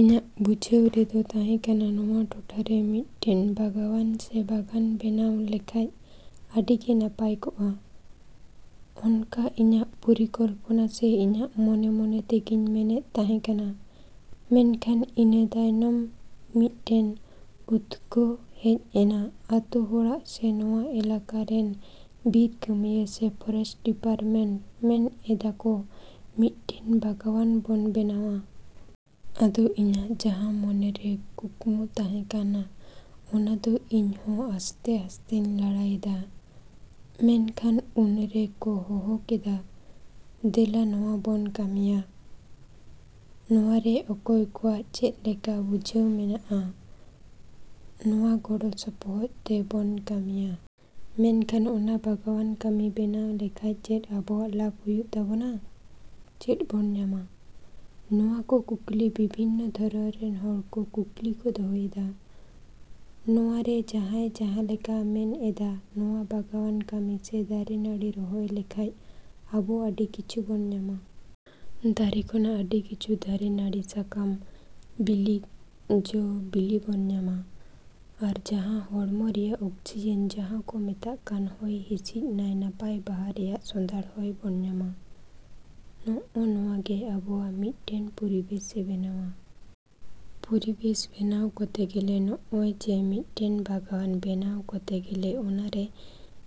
ᱤᱧᱟᱹᱜ ᱵᱩᱡᱷᱟᱹᱣ ᱨᱮᱫᱚ ᱛᱟᱦᱮᱸ ᱠᱟᱱᱟ ᱱᱚᱣᱟ ᱴᱚᱴᱷᱟ ᱨᱮ ᱢᱤᱫᱴᱮᱱ ᱵᱟᱜᱽᱣᱟᱱ ᱥᱮ ᱵᱟᱜᱟᱱ ᱵᱮᱱᱟᱣ ᱞᱮᱠᱷᱟᱱ ᱟᱹᱰᱤ ᱜᱮ ᱱᱟᱯᱟᱭ ᱠᱚᱜᱼᱟ᱾ ᱚᱱᱠᱟ ᱤᱧᱟᱹᱜ ᱯᱚᱨᱤᱠᱚᱞᱯᱚᱱᱟ ᱥᱮ ᱤᱧᱟᱹᱜ ᱢᱚᱱᱮᱼᱢᱚᱱᱮ ᱛᱮᱜᱮᱧ ᱢᱮᱱᱮᱫ ᱛᱟᱦᱮᱸ ᱠᱟᱱᱟ᱾ ᱢᱮᱱᱠᱷᱟᱱ ᱤᱱᱟᱹ ᱛᱟᱭᱚᱢ ᱢᱤᱫᱴᱮᱱ ᱩᱫᱫᱳᱜᱽ ᱦᱮᱡ ᱮᱱᱟ ᱟᱹᱛᱩ ᱦᱚᱲᱟᱜ ᱥᱮ ᱱᱚᱣᱟ ᱮᱞᱟᱠᱟ ᱨᱮᱱ ᱵᱤᱨ ᱠᱟᱹᱢᱭᱟᱹ ᱥᱮ ᱯᱷᱚᱨᱮᱥᱴ ᱰᱤᱯᱟᱨᱴᱢᱮᱱᱴ ᱢᱮᱱ ᱮᱫᱟ ᱠᱚ ᱢᱤᱫᱴᱮᱱ ᱵᱟᱜᱽᱣᱟᱱ ᱵᱚᱱ ᱵᱮᱱᱟᱣᱟ᱾ ᱟᱫᱚ ᱤᱧᱟᱹᱜ ᱡᱟᱦᱟᱸ ᱢᱚᱱᱮ ᱨᱮ ᱠᱩᱠᱢᱩ ᱛᱟᱦᱮᱸ ᱠᱟᱱᱟ ᱚᱱᱟ ᱫᱚ ᱤᱧ ᱦᱚᱸ ᱟᱥᱛᱮᱼᱟᱥᱛᱮᱧ ᱨᱟᱲᱟᱭᱮᱫᱟ᱾ ᱢᱮᱱᱠᱷᱟᱱ ᱩᱱ ᱨᱮ ᱠᱚ ᱦᱚᱦᱚ ᱠᱮᱫᱟ, "ᱫᱮᱞᱟ ᱱᱚᱣᱟ ᱵᱚᱱ ᱠᱟᱹᱢᱤᱭᱟ᱾ ᱱᱚᱣᱟ ᱨᱮ ᱚᱠᱚᱭ ᱠᱚᱣᱟᱜ ᱪᱮᱫ ᱞᱮᱠᱟ ᱵᱩᱡᱷ ᱢᱮᱱᱟᱜᱼᱟ? ᱱᱚᱣᱟ ᱜᱚᱲᱚ ᱥᱚᱯᱚᱦᱚᱫ ᱛᱮ ᱵᱚᱱ ᱠᱟᱹᱢᱤᱭᱟ᱾" ᱢᱮᱱᱠᱷᱟᱱ ᱚᱱᱟ ᱵᱟᱜᱽᱣᱟᱱ ᱠᱟᱹᱢᱤ ᱵᱮᱱᱟᱣ ᱞᱮᱠᱷᱟᱱ ᱪᱮᱫ ᱟᱵᱚᱣᱟᱜ ᱞᱟᱵᱷ ᱦᱩᱭᱩᱜ ᱛᱟᱵᱚᱱᱟ? ᱪᱮᱫ ᱵᱚᱱ ᱧᱟᱢᱟ? ᱱᱚᱣᱟ ᱠᱚ ᱠᱩᱠᱞᱤ ᱵᱤᱵᱷᱤᱱᱱᱚ ᱫᱷᱚᱨᱚᱱ ᱨᱮᱱ ᱦᱚᱲ ᱠᱚ ᱠᱩᱠᱞᱤ ᱠᱚ ᱫᱚᱦᱚᱭᱮᱫᱟ᱾ ᱱᱚᱣᱟ ᱨᱮ ᱡᱟᱦᱟᱸᱭ ᱡᱟᱦᱟᱸ ᱞᱮᱠᱟ ᱢᱮᱱ ᱮᱫᱟ ᱱᱚᱣᱟ ᱵᱟᱜᱽᱣᱟᱱ ᱠᱟᱹᱢᱤ ᱥᱮ ᱫᱟᱨᱮ ᱱᱟᱹᱲᱤ ᱨᱚᱦᱚᱭ ᱞᱮᱠᱷᱟᱱ ᱟᱵᱚ ᱟᱹᱰᱤ ᱠᱤᱪᱷᱩ ᱵᱚᱱ ᱧᱟᱢᱟ᱾ ᱫᱟᱨᱮ ᱠᱷᱚᱱᱟᱜ ᱟᱹᱰᱤ ᱠᱤᱪᱷᱩ ᱫᱟᱨᱮ ᱱᱟᱹᱲᱤ ᱥᱟᱠᱟᱢ, ᱵᱤᱞᱤ, ᱡᱚ, ᱵᱤᱞᱤ ᱵᱚᱱ ᱧᱟᱢᱟ᱾ ᱟᱨ ᱡᱟᱦᱟᱸ ᱦᱚᱲᱢᱚ ᱨᱮᱭᱟᱜ ᱚᱠᱥᱤᱡᱮᱱ ᱡᱟᱦᱟᱸ ᱠᱚ ᱢᱮᱛᱟᱜ ᱠᱟᱱ ᱦᱚᱭ ᱦᱤᱸᱥᱤᱫ ᱱᱟᱭ ᱱᱟᱯᱟᱭ ᱵᱟᱦᱟ ᱨᱮᱭᱟᱜ ᱥᱚᱸᱫᱷᱟᱲ ᱦᱚᱭ ᱵᱚᱱ ᱧᱟᱢᱟ᱾ ᱱᱚᱜᱼᱚ ᱱᱚᱣᱟ ᱜᱮ ᱟᱵᱚᱣᱟᱜ ᱢᱤᱫᱴᱮᱱ ᱯᱚᱨᱤᱵᱮᱥᱮ ᱵᱮᱱᱟᱣᱟ᱾ ᱯᱚᱨᱤᱵᱮᱥ ᱵᱮᱱᱟᱣ ᱠᱚᱛᱮ ᱜᱮᱞᱮ ᱱᱚᱜᱼᱚᱭ ᱡᱮ ᱢᱤᱫᱴᱮᱱ ᱵᱟᱜᱽᱣᱟᱱ ᱵᱮᱱᱟᱣ ᱠᱚᱛᱮ ᱜᱮᱞᱮ ᱚᱱᱟ ᱨᱮ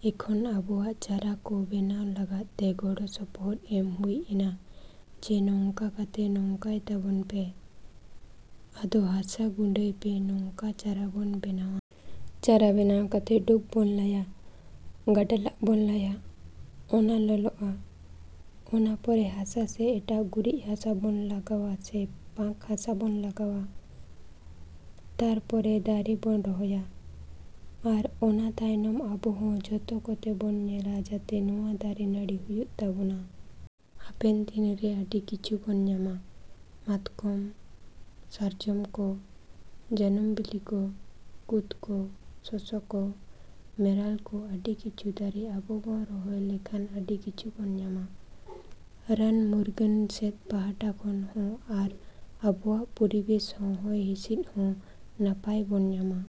ᱮᱠᱷᱚᱱ ᱟᱵᱚᱣᱟᱜ ᱪᱟᱨᱟ ᱠᱚ ᱵᱮᱱᱟᱣ ᱞᱟᱜᱟᱜ ᱛᱮ ᱜᱚᱲᱚ ᱥᱚᱯᱚᱦᱚᱫ ᱮᱢ ᱦᱩᱭ ᱮᱱᱟ ᱡᱮ ᱱᱚᱝᱠᱟ ᱠᱟᱛᱮᱫ ᱱᱚᱝᱠᱟᱭ ᱛᱟᱵᱚᱱ ᱯᱮ᱾ ᱟᱫᱚ ᱦᱟᱥᱟ ᱜᱩᱸᱰᱟᱹᱭ ᱯᱮ ᱱᱚᱝᱠᱟ ᱪᱟᱨᱟ ᱵᱚᱱ ᱵᱮᱱᱟᱣᱟ᱾ ᱪᱟᱨᱟ ᱵᱮᱱᱟᱣ ᱠᱟᱛᱮᱫ ᱰᱳᱵᱽ ᱵᱚᱱ ᱞᱟᱭᱟ, ᱜᱟᱰᱞᱟᱜ ᱵᱚᱱ ᱞᱟᱭᱟ᱾ ᱚᱱᱟ ᱞᱚᱞᱚᱜᱼᱟ᱾ ᱚᱱᱟ ᱯᱚᱨᱮ ᱦᱟᱥᱟ ᱥᱮ ᱮᱴᱟᱜ ᱜᱩᱨᱤᱡ ᱦᱟᱥᱟ ᱵᱚᱱ ᱞᱟᱜᱟᱣᱟ ᱥᱮ ᱯᱟᱸᱠ ᱦᱟᱥᱟ ᱵᱚᱱ ᱞᱟᱜᱟᱣᱟ᱾ ᱛᱟᱨᱯᱚᱨᱮ ᱫᱟᱨᱮ ᱵᱚᱱ ᱨᱚᱦᱚᱭᱟ᱾ ᱟᱨ ᱚᱱᱟ ᱛᱟᱭᱚᱢ ᱟᱵᱚ ᱦᱚᱸ ᱡᱚᱛᱚ ᱠᱚᱛᱮ ᱵᱚᱱ ᱧᱮᱞᱟ ᱡᱟᱛᱮ ᱱᱚᱣᱟ ᱫᱟᱨᱮ ᱱᱟᱹᱲᱤ ᱦᱩᱭᱩᱜ ᱛᱟᱵᱚᱱᱟ᱾ ᱦᱟᱯᱮᱱ ᱫᱤᱱ ᱨᱮ ᱟᱹᱰᱤ ᱠᱤᱪᱷᱩ ᱵᱚᱱ ᱧᱟᱢᱟ᱾ ᱢᱟᱛᱠᱚᱢ, ᱥᱟᱨᱡᱚᱢ ᱠᱚ, ᱡᱟᱱᱩᱢ ᱵᱤᱞᱤ ᱠᱚ, ᱠᱩᱫᱽ ᱠᱚ, ᱥᱚᱥᱚ ᱠᱚ, ᱢᱮᱨᱟᱞ ᱠᱚ ᱟᱹᱰᱤ ᱠᱤᱪᱷᱩ ᱫᱟᱨᱮ ᱟᱵᱚ ᱵᱚᱱ ᱨᱚᱦᱚᱭ ᱞᱮᱠᱷᱟᱱ ᱟᱹᱰᱤ ᱠᱤᱪᱷᱩ ᱵᱚᱱ ᱧᱟᱢᱟ᱾ ᱨᱟᱱ ᱢᱩᱨᱜᱟᱹᱱ ᱥᱮᱫ ᱯᱟᱦᱴᱟ ᱠᱷᱚᱱ ᱦᱚᱸ ᱟᱨ ᱟᱵᱚᱣᱟᱜ ᱯᱚᱨᱤᱵᱮᱥ ᱦᱚᱸ ᱦᱚᱭ ᱦᱤᱸᱥᱤᱫ ᱦᱚᱸ ᱱᱟᱯᱟᱭ ᱵᱚᱱ ᱧᱟᱢᱟ᱾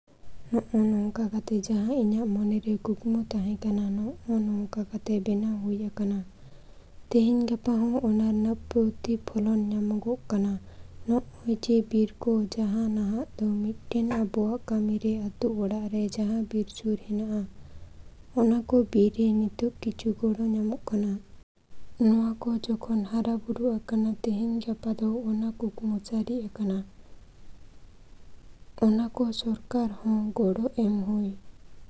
ᱱᱚᱜᱼᱚ ᱱᱚᱝᱠᱟ ᱠᱟᱛᱮᱫ ᱡᱟᱦᱟᱸ ᱤᱧᱟᱹᱜ ᱢᱚᱱᱮ ᱨᱮ ᱠᱩᱠᱢᱩ ᱛᱟᱦᱮᱸ ᱠᱟᱱᱟ ᱱᱚᱜᱼᱚ ᱱᱚᱝᱠᱟ ᱠᱟᱛᱮᱫ ᱵᱮᱱᱟᱣ ᱦᱩᱭ ᱟᱠᱟᱱᱟ᱾ ᱛᱮᱦᱮᱧ ᱜᱟᱯᱟ ᱦᱚᱸ ᱚᱱᱟ ᱨᱮᱱᱟᱜ ᱯᱨᱚᱛᱤᱯᱷᱚᱞᱚᱱ ᱧᱟᱢᱚᱜᱚᱜ ᱠᱟᱱᱟ᱾ ᱱᱚᱜᱼᱚᱭ ᱡᱮ ᱵᱤᱨ ᱠᱚ ᱡᱟᱦᱟᱸ ᱱᱟᱦᱟᱜ ᱫᱚ ᱢᱤᱫᱴᱮᱱ ᱟᱵᱚᱣᱟᱜ ᱠᱟᱹᱢᱤ ᱨᱮ ᱟᱹᱛᱩ ᱚᱲᱟᱜ ᱨᱮ ᱡᱟᱦᱟᱸ ᱵᱤᱨ ᱥᱩᱨ ᱦᱮᱱᱟᱜᱼᱟ ᱚᱱᱟ ᱠᱚ ᱵᱤᱨ ᱨᱮ ᱱᱤᱛᱚᱜ ᱠᱤᱪᱷᱩ ᱜᱚᱲᱚ ᱧᱟᱢᱚᱜ ᱠᱟᱱᱟ᱾ ᱱᱚᱣᱟ ᱠᱚ ᱡᱚᱠᱷᱚᱱ ᱦᱟᱨᱟ ᱵᱩᱨᱩ ᱟᱠᱟᱱᱟ ᱛᱮᱦᱮᱧ ᱜᱟᱯᱟ ᱫᱚ ᱚᱱᱟ ᱠᱩᱠᱢᱩ ᱥᱟᱹᱨᱤ ᱟᱠᱟᱱᱟ᱾ ᱚᱱᱟ ᱠᱚ ᱥᱚᱨᱠᱟᱨ ᱦᱚᱸ ᱜᱚᱲᱚ ᱮᱢ ᱦᱩᱭ